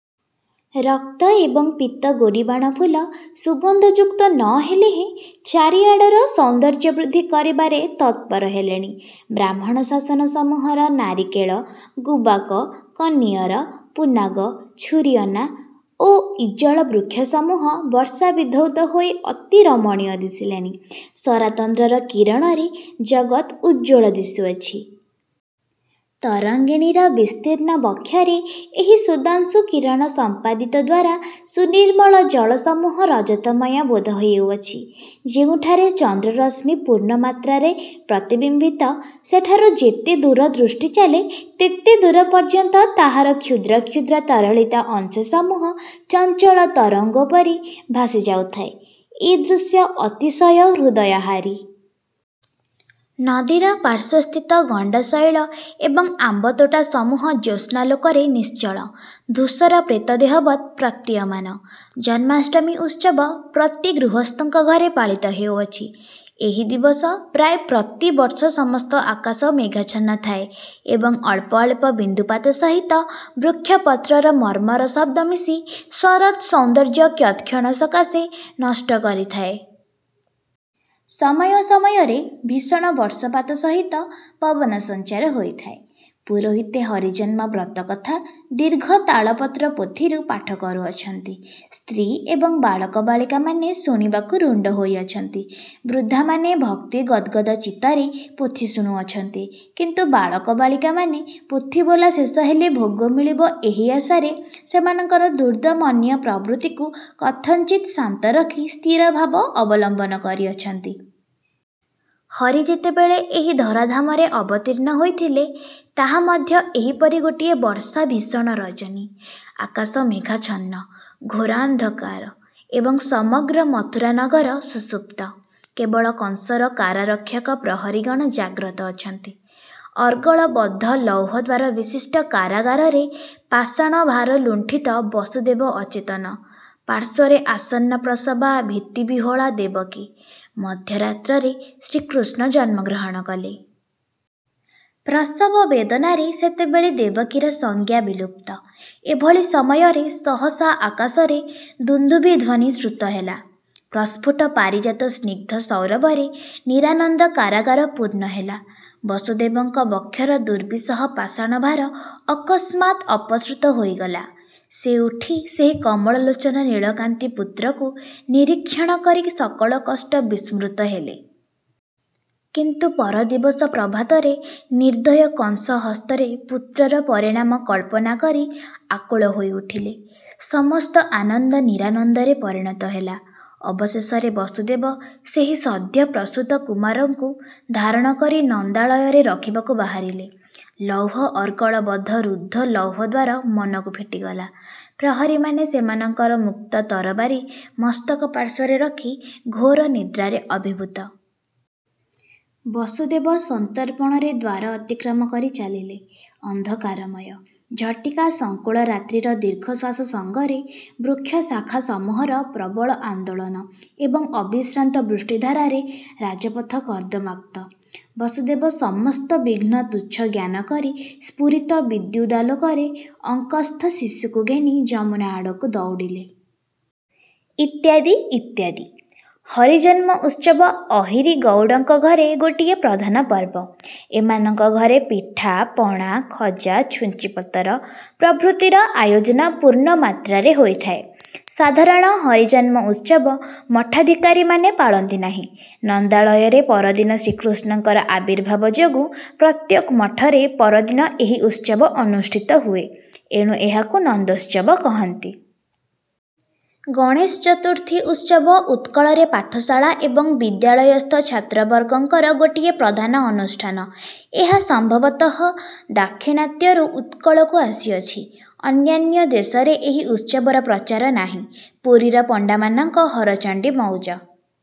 ରକ୍ତ ଏବଂ ପୀତ ଗୋଡ଼ିବାଣ ଫୁଲ ସୁଗନ୍ଧଯୁକ୍ତ ନ ହେଲେହେଁ ଚାରିଆଡ଼ର ସୌନ୍ଦର୍ଯ୍ୟବୃଦ୍ଧି କରିବାରେ ତତ୍ପର ହେଲେଣି। ବ୍ରାହ୍ମଣ ଶାସନ ସମୂହର ନାରିକେଳ, ଗୁବାକ, କନିଅର, ପୁନ୍ନାଗ, ଛୁରିଅନା, ଓ ଇଜ୍ଜଳ ବୃକ୍ଷସମୂହ ବର୍ଷାବିଧୌତ ହୋଇ ଅତି ରମଣୀୟ ଦିଶିଲେଣି। ଶରାତନ୍ଦ୍ରର କିରଣରେ ଜଗତ୍ ଉଜ୍ଜ୍ୱଳ ଦିଶୁଅଛି। ତରଙ୍ଗିଣୀର ବିସ୍ତୀର୍ଣ୍ଣ ବକ୍ଷରେ ଏହି ସୁଧାଂଶୁ କିରଣସମ୍ପାଦିତଦ୍ୱାରା ସୁନିର୍ମଳ ଜଳସମୂହ ରଜତମୟ ବୋଧ ହେଉଅଛି। ଯେଉଁଠାରେ ଚନ୍ଦ୍ରରଶ୍ମି ପୂର୍ଣ୍ଣମାତ୍ରାରେ ପ୍ରତିବିମ୍ୱିତ ସେଠାରୁ ଯେତେଦୂର ଦୃଷ୍ଟି ଚାଲେ, ତେତେଦୂର ପର୍ଯ୍ୟନ୍ତ ତାହାର କ୍ଷୁଦ୍ର କ୍ଷୁଦ୍ର ତରଳିତ ଅଂଶସମୂହ ଚଞ୍ଚଳ ତରଙ୍ଗୋପରି ଭାସି ଯାଉଥାଏ ଏ ଦୃଶ୍ୟ ଅତିଶୟ ହୃଦୟହାରୀ! ନଦୀର ପାର୍ଶ୍ୱସ୍ଥିତ ଗଣ୍ଡଶୈଳ ଏବଂ ଆମ୍ୱତୋଟା ସମୂହ ଜ୍ୟୋତ୍ସ୍ନାଲୋକରେ ନିଶ୍ଚଳ, ଧୂସର ପ୍ରେତଦେହବତ୍ ପ୍ରତୀୟମାନ! ଜନ୍ମାଷ୍ଟମୀ ଉତ୍ସବ ପ୍ରତି ଗୃହସ୍ଥଙ୍କ ଘରେ ପାଳିତ ହେଉଅଛି। ଏହି ଦିବସ ପ୍ରାୟ ପ୍ରତି ବର୍ଷ ସମସ୍ତ ଆକାଶ ମେଘାଚ୍ଛନ୍ନ ଥାଏ ଏବଂ ଅଳ୍ପ ଅଳ୍ପ ବିନ୍ଦୁପାତ ସହିତ ବୃକ୍ଷପତ୍ରର ମର୍ମର ଶବ୍ଦ ମିଶି ଶରତ୍-ସୌନ୍ଦର୍ଯ୍ୟ କିୟତ୍କ୍ଷଣ ସକାଶେ ନଷ୍ଟ କରିଥାଏ। ସମୟ ସମୟରେ ଭୀଷଣ ବର୍ଷ ପାତ ସହିତ ପବନସଞ୍ଚାର ହୋଇଥାଏ। ପୁରୋହିତେ ହରିଜନ୍ମ ବ୍ରତ କଥା ଦୀର୍ଘ ତାଳପତ୍ର ପୋଥିରୁ ପାଠ କରୁଅଛନ୍ତି, ସ୍ତ୍ରୀ ଏବଂ ବାଳକ ବାଳିକାମାନେ ଶୁଣିବାକୁ ରୁଣ୍ଡ ହୋଇଅଛନ୍ତି। ବୃଦ୍ଧାମାନେ ଭକ୍ତି ଗଦ୍ଗଦ ଚିତ୍ତରେ ପୋଥି ଶୁଣୁଅଛନ୍ତି, କିନ୍ତୁ ବାଳକ ବାଳିକାମାନେ ପୋଥିବୋଲା ଶେଷ ହେଲେ ଭୋଗ ମିଳିବ ଏହି ଆଶାରେ ସେମାନଙ୍କର ଦୁର୍ଦମନୀୟ ପ୍ରବୃତ୍ତିକୁ କଥଞ୍ଚିତ୍ ଶାନ୍ତ ରଖି ସ୍ଥିରଭାବ ଅବଲମ୍ୱନ କରିଅଛନ୍ତି। ହରି ଯେତେବେଳେ ଏହି ଧରାଧାମରେ ଅବତୀର୍ଣ୍ଣ ହୋଇଥିଲେ ତାହା ମଧ୍ୟ ଏହିପରି ଗୋଟିଏ ବର୍ଷାଭୀଷଣ ରଜନୀ ଆକାଶ ମେଘାଚ୍ଛନ୍ନ, ଘୋରାନ୍ଧକାର ଏବଂ ସମଗ୍ର ମଥୁରା ନଗର ସୁଷୁପ୍ତ କେବଳ କଂସର କାରାରକ୍ଷକ ପ୍ରହରିଗଣ ଜାଗ୍ରତ ଅଛନ୍ତି। ଅର୍ଗଳବଦ୍ଧ ଲୌହଦ୍ୱାରବିଶିଷ୍ଠ କାରାଗାରରେ ପାଷାଣଭାରଲୁଣ୍ଠିତ ବସୁଦେବ ଅଚେତନ ପାର୍ଶ୍ୱରେ ଆସନ୍ନ ପ୍ରସବା ଭୀତିବିହ୍ୱଳା ଦେବକୀ; ମଧ୍ୟରାତ୍ରରେ ଶ୍ରୀକୃଷ୍ଣ ଜନ୍ମଗ୍ରହଣ କଲେ। ପ୍ରସବବେଦନାରେ ସେତେବେଳେ ଦେବକୀର ସଂଜ୍ଞା ବିଲୁପ୍ତ। ଏଭଳି ସମୟରେ ସହସା ଆକାଶରେ ଦୁନ୍ଦୁଭି ଧ୍ୱନି ଶ୍ରୁତ ହେଲା, ପ୍ରସ୍ଫୁଟ ପାରିଜାତ ସ୍ନିଗ୍ଧ ସୌରଭରେ ନିରାନନ୍ଦ କାରାଗାର ପୂର୍ଣ୍ଣ ହେଲା, ବସୁଦେବଙ୍କ ବକ୍ଷର ଦୁର୍ବିସହ ପାଷାଣଭାର ଅକସ୍ମାତ୍ ଅପସୃତ ହୋଇଗଲା! ସେ ଉଠି ସେହି କମଳଲୋଚନ ନୀଳକାନ୍ତି ପୁତ୍ରକୁ ନିରୀକ୍ଷଣ କରି ସକଳ କଷ୍ଟ ବିସ୍ମୃତ ହେଲେ। କିନ୍ତୁ ପରଦିବସ ପ୍ରଭାତରେ ନିର୍ଦୟ କଂସ ହସ୍ତରେ ପୁତ୍ରର ପରିଣାମ କଳ୍ପନା କରି ଆକୁଳ ହୋଇ ଉଠିଲେ, ସମସ୍ତ ଆନନ୍ଦ ନିରାନନ୍ଦରେ ପରିଣତ ହେଲା। ଅବଶେଷରେ ବସୁଦେବ ସେହି ସଦ୍ୟଃପ୍ରସୂତ କୁମାରଙ୍କୁ ଧାରଣ କରି ନନ୍ଦାଳୟରେ ରଖିବାକୁ ବାହାରିଲେ, ଲୌହ ଅର୍ଗଳ ବଦ୍ଧ ରୁଦ୍ଧ ଲୌହଦ୍ୱାର ମନକୁ ଫିଟିଗଲା, ପ୍ରହରିମାନେ ସେମାନଙ୍କର ମୁକ୍ତ ତରବାରି ମସ୍ତକପାର୍ଶ୍ୱରେ ରଖି ଘୋର ନିଦ୍ରାରେ ଅଭିଭୂତ! ବାସୁଦେବ ସନ୍ତର୍ପଣରେ ଦ୍ୱାର ଅତିକ୍ରମ କରି ଚାଲିଲେ। ଅନ୍ଧକାରମୟ, ଝଟିକା ସଂକୁଳ ରାତ୍ରିର ଦୀର୍ଘଶ୍ୱାସ ସଙ୍ଗରେ ବୃକ୍ଷଶାଖାସମୂହର ପ୍ରବଳ ଆନ୍ଦୋଳନ ଏବଂ ଅବିଶ୍ରାନ୍ତ ବୃଷ୍ଟିଧାରାରେ ରାଜପଥ କର୍ଦମାକ୍ତ। ବାସୁଦେବ ସମସ୍ତ ବିଘ୍ନ ତୁଚ୍ଛ ଜ୍ଞାନ କରି ସ୍ଫୁରିତ ବିଦ୍ୟୁଦାଲୋକରେ ଅଙ୍କସ୍ଥ ଶିଶୁକୁ ଘେନି ଯମୁନା ଆଡ଼କୁ ଦଉଡ଼ିଲେ। ଇତ୍ୟାଦି, ଇତ୍ୟାଦି। ହରିଜନ୍ମ ଉତ୍ସବ ଅହିରି ଗଉଡ଼ଙ୍କ ଘରେ ଗୋଟିଏ ପ୍ରଧାନ ପର୍ବ। ଏମାନଙ୍କ ଘରେ ପିଠା, ପଣା, ଖଜା, ଛୁଞ୍ଚିପତର ପ୍ରଭୃତିର ଆୟୋଜନ ପୂର୍ଣ୍ଣମାତ୍ରାରେ ହୋଇଥାଏ। ସାଧାରଣ ହରିଜନ୍ମ ଉତ୍ସବ ମଠାଧିକାରିମାନେ ପାଳନ୍ତି ନାହିଁ। ନନ୍ଦାଳୟରେ ପରଦିନ ଶ୍ରୀକୃଷ୍ଣଙ୍କର ଆବିର୍ଭାବ ଯୋଗୁଁ ପ୍ରତ୍ୟେକ ମଠରେ ପରଦିନ ଏହି ଉତ୍ସବ ଅନୁଷ୍ଠିତ ହୁଏ ଏଣୁ ଏହାକୁ ନନ୍ଦୋତ୍ସବ କହନ୍ତି। ଗଣେଶଚତୁର୍ଥୀ ଉତ୍ସବ ଉତ୍କଳରେ ପାଠଶାଳା ଏବଂ ବିଦ୍ୟାଳୟସ୍ଥ ଛାତ୍ରବର୍ଗଙ୍କର ଗୋଟିଏ ପ୍ରଧାନ ଅନୁଷ୍ଠାନ। ଏହା ସମ୍ଭବତଃ ଦାକ୍ଷିଣାତ୍ୟରୁ ଉତ୍କଳକୁ ଆସିଅଛି। ଅନ୍ୟାନ୍ୟ ଦେଶରେ ଏହି ଉତ୍ସବର ପ୍ରଚାର ନାହିଁ। ପୁରୀର ପଣ୍ଡାମାନଙ୍କ ହରଚଣ୍ଡୀ ମଉଜ